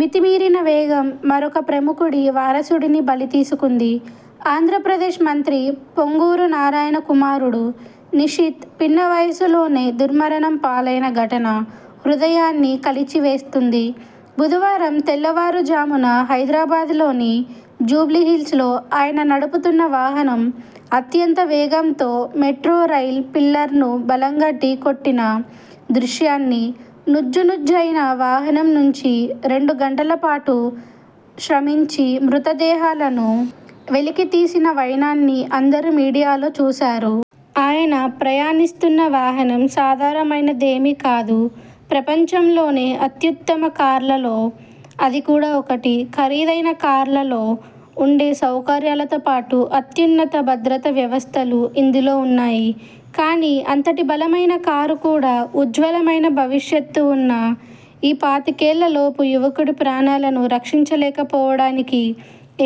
మితిమీరిన వేగం మరొక ప్రముఖుడి వారసుడిని బలితీసుకుంది. ఆంధ్రప్రదేశ్ మంత్రి పొంగూరు నారాయణ కుమారుడు నిషిత్ పిన్నవయసులోనే దుర్మరణం పాలైన ఘటన హృదయాన్ని కలిచివేస్తుంది. బుధవారం తెల్లవారుజామున హైదరాబాద్లోని జూబ్లీహిల్స్లో ఆయన నడుపుతున్న వాహనం అత్యంతవేగంతో మెట్రోరైల్ పిల్లర్ను బలంగా ఢీకొట్టిన దృశ్యాన్నీ, నుజ్జునుజ్జయిన వాహనం నుంచి రెండుగంటల పాటు శ్రమించి మృతదేహాలను వెలికితీసిన వైనాన్ని అందరూ మీడియాలో చూశారు. ఆయన ప్రయాణిస్తున్న వాహనం సాధారణమైనదేమీ కాదు. ప్రపంచంలోనే అత్యుత్తమ కార్లలో అది కూడా ఒకటి. ఖరీదైన కార్లలో ఉండే సౌకర్యాలతో పాటు అత్యున్నత భద్రతా వ్యవస్థలూ ఇందులో ఉన్నాయి. కానీ, అంతటి బలమైన కారు కూడా ఉజ్వలమైన భవిష్యత్తు ఉన్న ఈ పాతికేళ్ళలోపు యువకుడి ప్రాణాలను రక్షించలేకపోవడానికి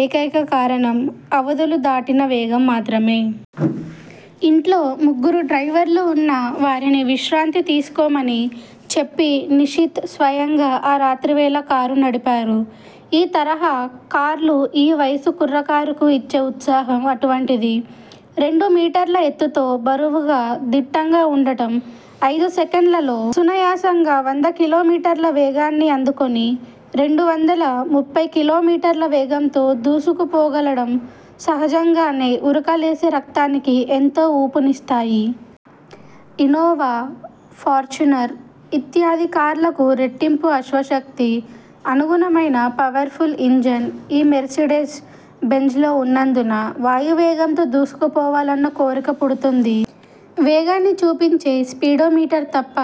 ఏకైక కారణం అవధులు దాటిన వేగం మాత్రమే. ఇంట్లో ముగ్గురు డ్రైవర్లు ఉన్నా, వారిని విశ్రాంతి తీసుకోమని చెప్పి నిషిత్ స్వయంగా ఆ రాత్రివేళ కారు నడిపారు. ఈ తరహా కార్లు ఈ వయసు కుర్రకారుకు ఇచ్చే ఉత్సాహం అటువంటిది. రెండు మీటర్ల ఎత్తుతో, బరువుగా దిట్టంగా వుండటం, ఐదు సెకన్లలో సునాయాసంగా వంద కిలోమీటర్ల వేగాన్ని అందుకొని రెండువందల ముప్పై కిలోమీటర్ల వేగంతో దూసుకుపోగలగడం సహజంగానే ఉరకలేసే రక్తానికి ఎంతో ఊపునిస్తాయి. ఇన్నోవా, ఫార్చునర్ ఇత్యాది కార్లకు రెట్టింపు అశ్వశక్తి, అనుగుణమైన పవర్ఫుల్ ఇంజన్ ఈ మెర్సిడెస్ బెంజ్లో ఉన్నందున వాయువేగంతో దూసుకుపోవాలన్న కోరిక పుడుతుంది. వేగాన్ని చూపించే స్పీడోమీటర్ తప్ప,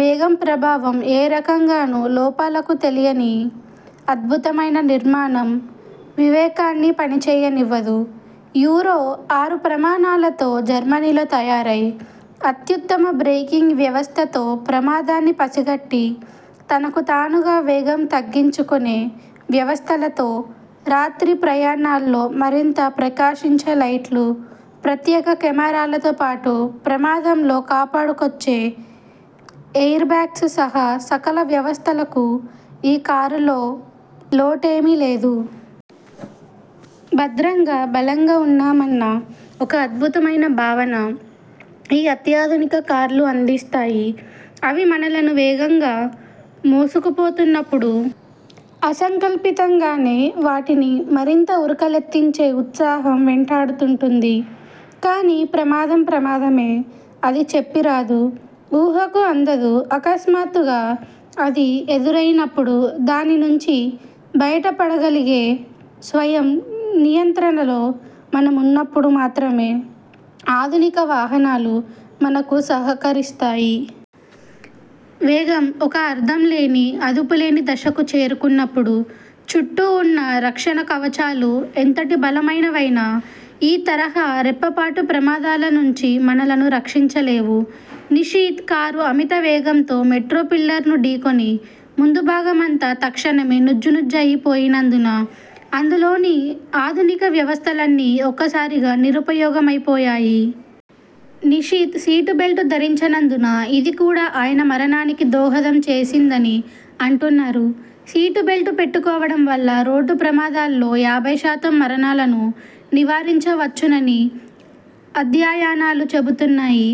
వేగం ప్రభావం ఏ రకంగానూ లోపలకు తెలియని అద్భుతమైన నిర్మాణం వివేకాన్ని పనిచేయనివ్వదు. యూరో–ఆరు ప్రమాణాలతో జర్మనీలో తయారై, అత్యుత్తమ బ్రేకింగ్ వ్యవస్థతో, ప్రమాదాన్ని పసిగట్టి తనకు తానుగా వేగం తగ్గించుకొనే వ్యవస్థలతో, రాత్రి ప్రయాణాల్లో మరింత ప్రకాశించే లైట్లు, ప్రత్యేక కెమెరాలతో పాటు, ప్రమాదంలో కాపాడుకొచ్చే ఎయిర్బాగ్స్ సహా సకల వ్యవస్థలకూ ఈ కారులో లోటేమీ లేదు. భద్రంగా, బలంగా ఉన్నామన్న ఒక అద్భుతమైన భావన ఈ అత్యాధునిక కార్లు అందిస్తాయి. అవి మనలను వేగంగా మోసుకుపోతున్నప్పుడు అసంకల్పింతంగానే వాటిని మరింత ఉరకలెత్తించే ఉత్సాహం వెంటాడుతూంటుంది. కానీ, ప్రమాదం ప్రమాదమే. అది చెప్పిరాదు, ఊహకు అందదు. అకస్మాత్తుగా అది ఎదురైనప్పుడు దానినుంచి బయటపడగలిగే స్వయం నియంత్రణలో మనం ఉన్నప్పుడు మాత్రమే ఆధునిక వాహనాలు మనకు సహకరిస్తాయి. వేగం ఒక అర్థంలేని, అదుపులేని దశకు చేరుకున్నప్పుడు, చుట్టూ ఉన్న రక్షణకవచాలు ఎంతటి బలమైనవైనా ఈ తరహా రెప్పపాటు ప్రమాదాల నుంచి మనలను రక్షించలేవు. నిషిత్ కారు అమితవేగంతో మెట్రోపిల్లర్ను ఢీకొని ముందుభాగమంతా తక్షణమే నుజ్జు నుజ్జయి పోయినందున, అందులోని ఆధునిక వ్యవస్థలన్నీ ఒక్కసారిగా నిరుపయోగమైపోయాయి. నిషిత్ సీటుబెల్టు ధరించనందున ఇది కూడా ఆయన మరణానికి దోహదం చేసిందని అంటున్నారు. సీటుబెల్టు పెట్టుకోవడం వల్ల రోడ్డు ప్రమాదాల్లో యాభైశాతం మరణాలను నివారించవచ్చునని అధ్యయనాలు చెబుతున్నాయి.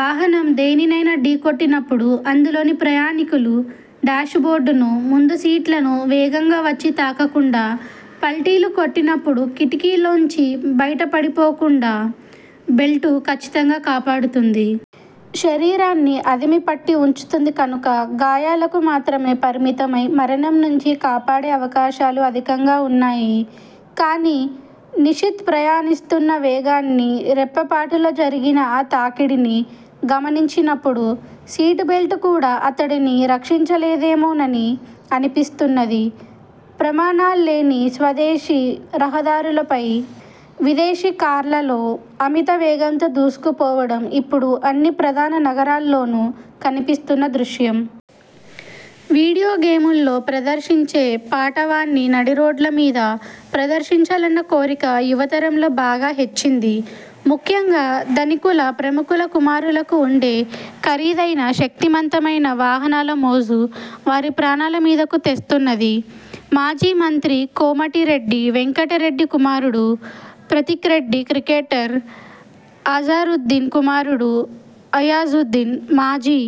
వాహనం దేనినైనా ఢీకొట్టినప్పుడు అందులోని ప్రయాణీకులు డ్యాష్బోర్డును, ముందుసీట్లను వేగంగా వచ్చి తాకకుండా, పల్టీలు కొట్టినప్పుడు కిటికీల్లోంచి బయటకుపడిపోకుండా బెల్టు కచ్చితంగా కాపాడుతుంది. శరీరాన్ని అదిమి పట్టి వుంచుతుంది కనుక గాయాలకు మాత్రమే పరిమితమై మరణం నుంచి కాపాడే అవకాశాలు అధికంగా ఉన్నాయి. కానీ, నిషిత్ ప్రయాణిస్తున్న వేగాన్నీ రెప్పపాటులో జరిగిన ఆ తాకిడినీ గమనించినప్పుడు సీటుబెల్టు కూడా అతడిని రక్షించలేదేమోనని అనిపిస్తున్నది. ప్రమాణాల్లేని స్వదేశీ రహదారులపై విదేశీ కార్లలో అమిత వేగంతో దూసుకుపోవడం ఇప్పుడు అన్ని ప్రధాన నగరాల్లోనూ కనిపిస్తున్న దృశ్యం. వీడియోగేముల్లో ప్రదర్శించే పాటవాన్ని నడిరోడ్లమీద ప్రదర్శించాలన్న కోరిక యువతరంలో బాగా హెచ్చింది. ముఖ్యంగా ధనికుల, ప్రముఖుల కుమారులకు ఉండే ఖరీదైన, శక్తిమంతమైన వాహనాల మోజు వారి ప్రాణాలమీదకు తెస్తున్నది. మాజీ మంత్రి కోమటిరెడ్డి వెంకటరెడ్డి కుమారుడు ప్రతీక్రెడ్డి, క్రికెటర్ అజారుద్దీన్ కుమారుడు అయాజుద్దీన్, మాజీ